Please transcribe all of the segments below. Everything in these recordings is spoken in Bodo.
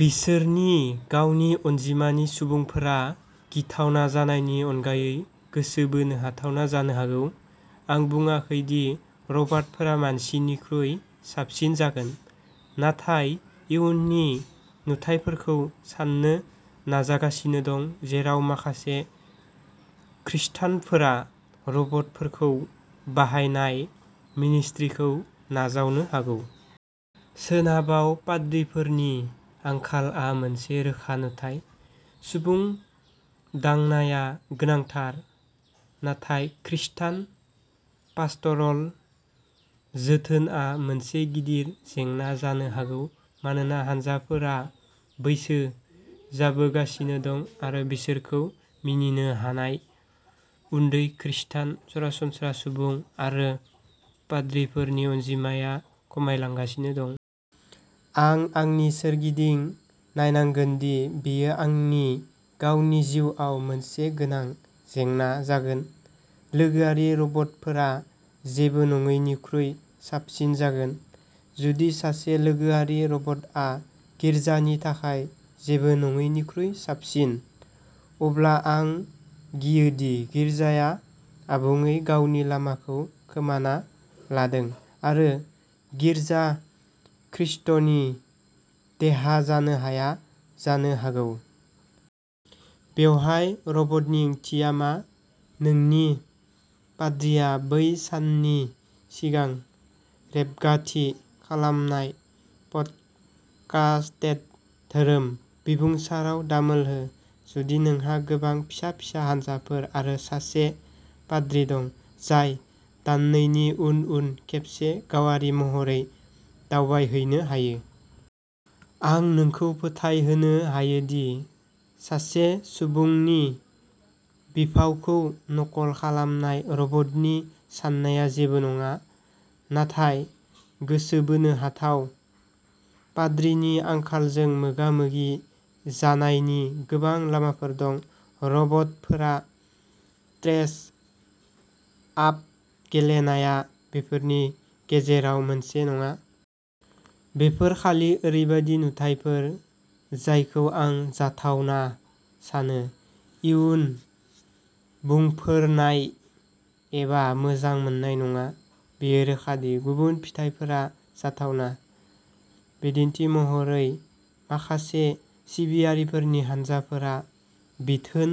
बिसोरनि गावनि अनजिमानि सुबुंफोरा गिथावना जानायनि अनगायै गोसो बोनो हाथावना जानो हागौ। आं बुङाखै दि रबाटफोरा मानसिनिख्रुइ साबसिन जागोन, नाथाय इयुननि नुथायफोरखौ सान्नो नाजागासिनो दं जेराव माखासे खृस्टानफोरा रबटफोरखौ बाहायनाय मिनिस्ट्रिखौ नाजावनो हागौ। सोनाबाव पाद्रिफोरनि आंखालआ मोनसे रोखा नुथाय। सुबुं दांनाया गोनांथार, नाथाय खृस्टान पास्टरल जोथोनआ मोनसे गिदिर जेंना जानो हागौ मानोना हान्जाफोरा बैसो जाबोगासिनो दं आरो बिसोरखौ मिनिनो हानाय उन्दै खृस्टान सरासनस्रा सुबुं आरो पाद्रिफोरनि अनजिमाया खमायलांगासिनो दं। आं आंनि सोरगिदिं नायनांगोन दि बेयो आंनि गावनि जिउआव मोनसे गोनां जेंना जागोन। लोगोआरि रबटफोरा जेबो नङैनिख्रुइ साबसिन जागोन। जुदि सासे लोगोआरि रबटआ गिर्जानि थाखाय जेबो नङैनिख्रुइ साबसिन, अब्ला आं गियोदि गिर्जाया आबुङै गावनि लामाखौ खोमाना लादों आरो गिर्जा खृष्टनि देहा जानो हाया जानो हागौ। बेवहाय रबटनि ओंथिया मा? नोंनि पाद्रिआ बै साननि सिगां रेबगाथि खालामनाय पडकास्टेड धोरोम बिबुंसाराव दामोल हो, जुदि नोंहा गोबां फिसा फिसा हान्जाफोर आरो सासे पाद्रि दं जाय दाननैनि उन उन खेबसे गावारि महरै दावबायहैनो हायो। आं नोंखौ फोथायहोनो हायो दि सासे सुबुंनि बिफावखौ नकल खालामनाय रबटनि साननाया जेबो नङा, नाथाय गोसो बोनो हाथाव। पाद्रिनि आंखालजों मोगा मोगि जानायनि गोबां लामाफोर दं। रबटफोरा ड्रेस आप गेलेनाया बेफोरनि गेजेराव मोनसे नङा। बेफोर खालि ओरैबायदि नुथायफोर जायखौ आं जाथावना सानो, इयुन बुंफोरनाय एबा मोजां मोननाय नङा। बेयो रोखा दि गुबुन फिथायफोरा जाथावना। बिदिन्थि महरै, माखासे सिबियारिफोरनि हानजाफोरा बिथोन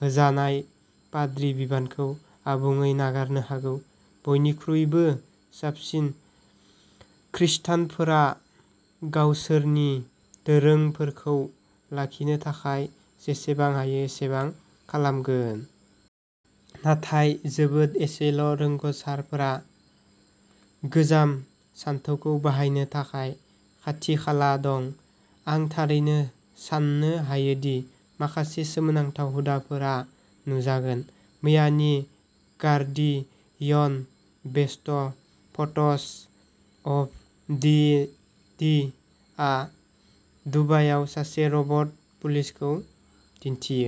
होजानाय पाद्रि बिबानखौ आबुङै नागारनो हागौ। बयनिख्रुइबो साबसिन खृष्टानफोरा गावसोरनि दोरोंफोरखौ लाखिनो थाखाय जेसेबां हायो एसेबां खालामगोन। नाथाय जोबोद एसेल' रोंग'सारफोरा गोजाम सानथौखौ बाहायनो थाखाय खाथि खाला दं, आं थारैनो साननो हायो दि माखासे सोमोनांथाव हुदाफोरा नुजागोन। मैयानि Guardian best' photos of the day दुबायाव सासे रबट पुलिसखौ दिन्थियो।